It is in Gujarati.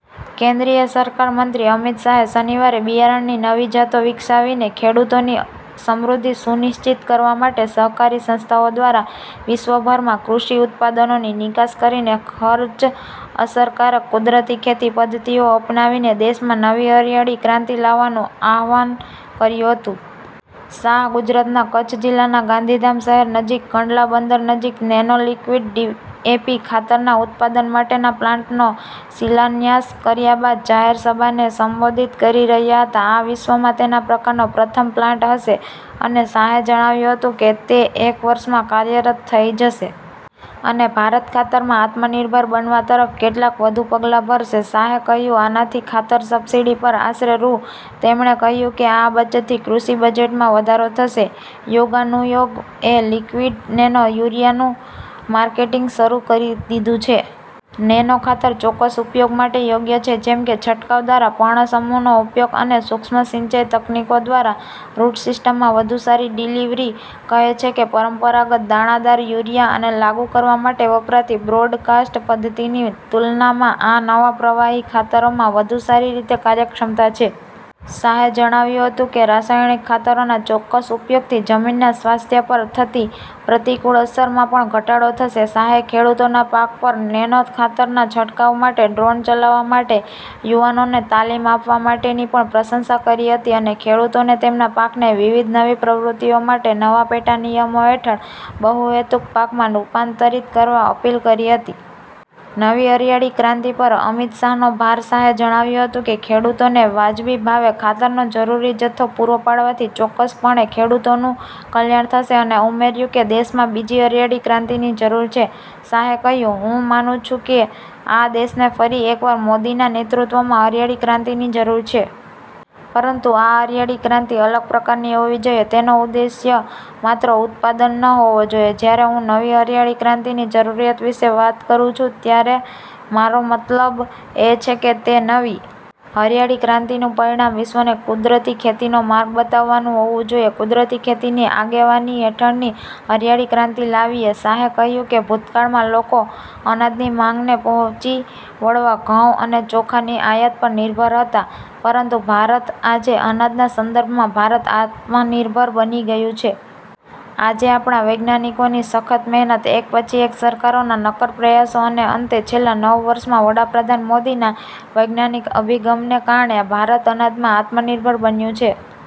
કેન્દ્રીય સહકાર મંત્રી અમિત શાહે શનિવારે બિયારણની નવી જાતો વિકસાવીને, ખેડૂતોની સમૃદ્ધિ સુનિશ્ચિત કરવા માટે સહકારી સંસ્થાઓ દ્વારા વિશ્વભરમાં કૃષિ ઉત્પાદનોની નિકાસ કરીને, ખર્ચ અસરકારક કુદરતી ખેતી પદ્ધતિઓ અપનાવીને દેશમાં નવી હરિયાળી ક્રાંતિ લાવવાનું આહ્વાન કર્યું હતું. શાહ ગુજરાતના કચ્છ જિલ્લાના ગાંધીધામ શહેર નજીક કંડલા બંદર નજીક નેનો લિક્વિડ ડીએપી ખાતરના ઉત્પાદન માટેના પ્લાન્ટનો શિલાન્યાસ કર્યા બાદ જાહેર સભાને સંબોધિત કરી રહ્યા હતા. આ વિશ્વમાં તેના પ્રકારનો પ્રથમ પ્લાન્ટ હશે અને શાહે જણાવ્યું હતું કે, તે એક વર્ષમાં કાર્યરત થઈ જશે. અને ભારત ખાતરમાં આત્મનિર્ભર બનવા તરફ કેટલાક વધુ પગલાં ભરશે. શાહે કહ્યું, "આનાથી ખાતર સબસિડી પર આશરે રૂ. " તેમણે કહ્યું કે, આ બચતથી કૃષિ બજેટમાં વધારો થશે. યોગાનુયોગ, એ લિક્વિડ નેનો યુરિયાનું માર્કેટિંગ શરૂ કરી દીધું છે. નેનો ખાતર ચોક્કસ ઉપયોગ માટે યોગ્ય છે, જેમ કે છંટકાવ દ્વારા પર્ણસમૂહનો ઉપયોગ અને સૂક્ષ્મ-સિંચાઈ તકનીકો દ્વારા રુટ-સિસ્ટમમાં વધુ સારી ડિલિવરી. કહે છે કે, પરંપરાગત દાણાદાર યુરિયા અને લાગુ કરવા માટે વપરાતી બ્રોડકાસ્ટ પદ્ધતિની તુલનામાં આ નવા પ્રવાહી ખાતરોમાં વધુ સારી રીતે કાર્યક્ષમતા છે. શાહે જણાવ્યું હતું કે, રાસાયણિક ખાતરોના ચોક્કસ ઉપયોગથી જમીનના સ્વાસ્થ્ય પર થતી પ્રતિકૂળ અસરમાં પણ ઘટાડો થશે. શાહે ખેડૂતોના પાક પર નેનો ખાતરના છંટકાવ માટે ડ્રોન ચલાવવા માટે યુવાનોને તાલીમ આપવા માટે ની પણ પ્રશંસા કરી હતી અને ખેડૂતોને તેમના પાકને વિવિધ નવી પ્રવૃત્તિઓ માટે નવા પેટા-નિયમો હેઠળ બહુહેતુક પાકમાં રૂપાંતરિત કરવા અપીલ કરી હતી. નવી હરિયાળી ક્રાંતિ પર અમિત શાહનો ભાર શાહે જણાવ્યું હતું કે, ખેડૂતોને "વાજબી" ભાવે ખાતરનો જરૂરી જથ્થો પૂરો પાડવાથી ચોક્કસપણે ખેડૂતોનું કલ્યાણ થશે અને ઉમેર્યું કે, દેશમાં બીજી હરિયાળી ક્રાંતિની જરૂર છે. શાહે કહ્યું, "હું માનું છું કે આ દેશને ફરી એકવાર મોદીના નેતૃત્વમાં હરિયાળી ક્રાંતિની જરૂર છે. પરંતુ આ હરિયાળી ક્રાંતિ અલગ પ્રકારની હોવી જોઈએ. તેનો ઉદ્દેશ્ય માત્ર ઉત્પાદન ન હોવો જોઈએ. જ્યારે હું નવી હરિયાળી ક્રાંતિની જરૂરિયાત વિશે વાત કરું છું, ત્યારે મારો મતલબ એ છે કે, તે નવી હરિયાળી ક્રાંતિનું પરિમાણ વિશ્વને કુદરતી ખેતીનો માર્ગ બતાવવાનું હોવું જોઈએ – કુદરતી ખેતીની આગેવાની હેઠળની હરિયાળી ક્રાંતિ લાવીએ" શાહે કહ્યું કે, ભૂતકાળમાં, લોકો અનાજની માંગને પહોંચી વળવા ઘઉં અને ચોખાની આયાત પર નિર્ભર હતા, પરંતુ ભારત આજે અનાજના સંદર્ભમાં ભારત "આત્મનિર્ભર" બની ગયું છે. "આજે, આપણા વૈજ્ઞાનિકોની સખત મહેનત, એક પછી એક સરકારોના નક્કર પ્રયાસો અને અંતે, છેલ્લા નવ વર્ષમાં વડાપ્રધાન મોદીના વૈજ્ઞાનિક અભિગમને કારણે, ભારત અનાજમાં આત્મનિર્ભર બન્યું છે.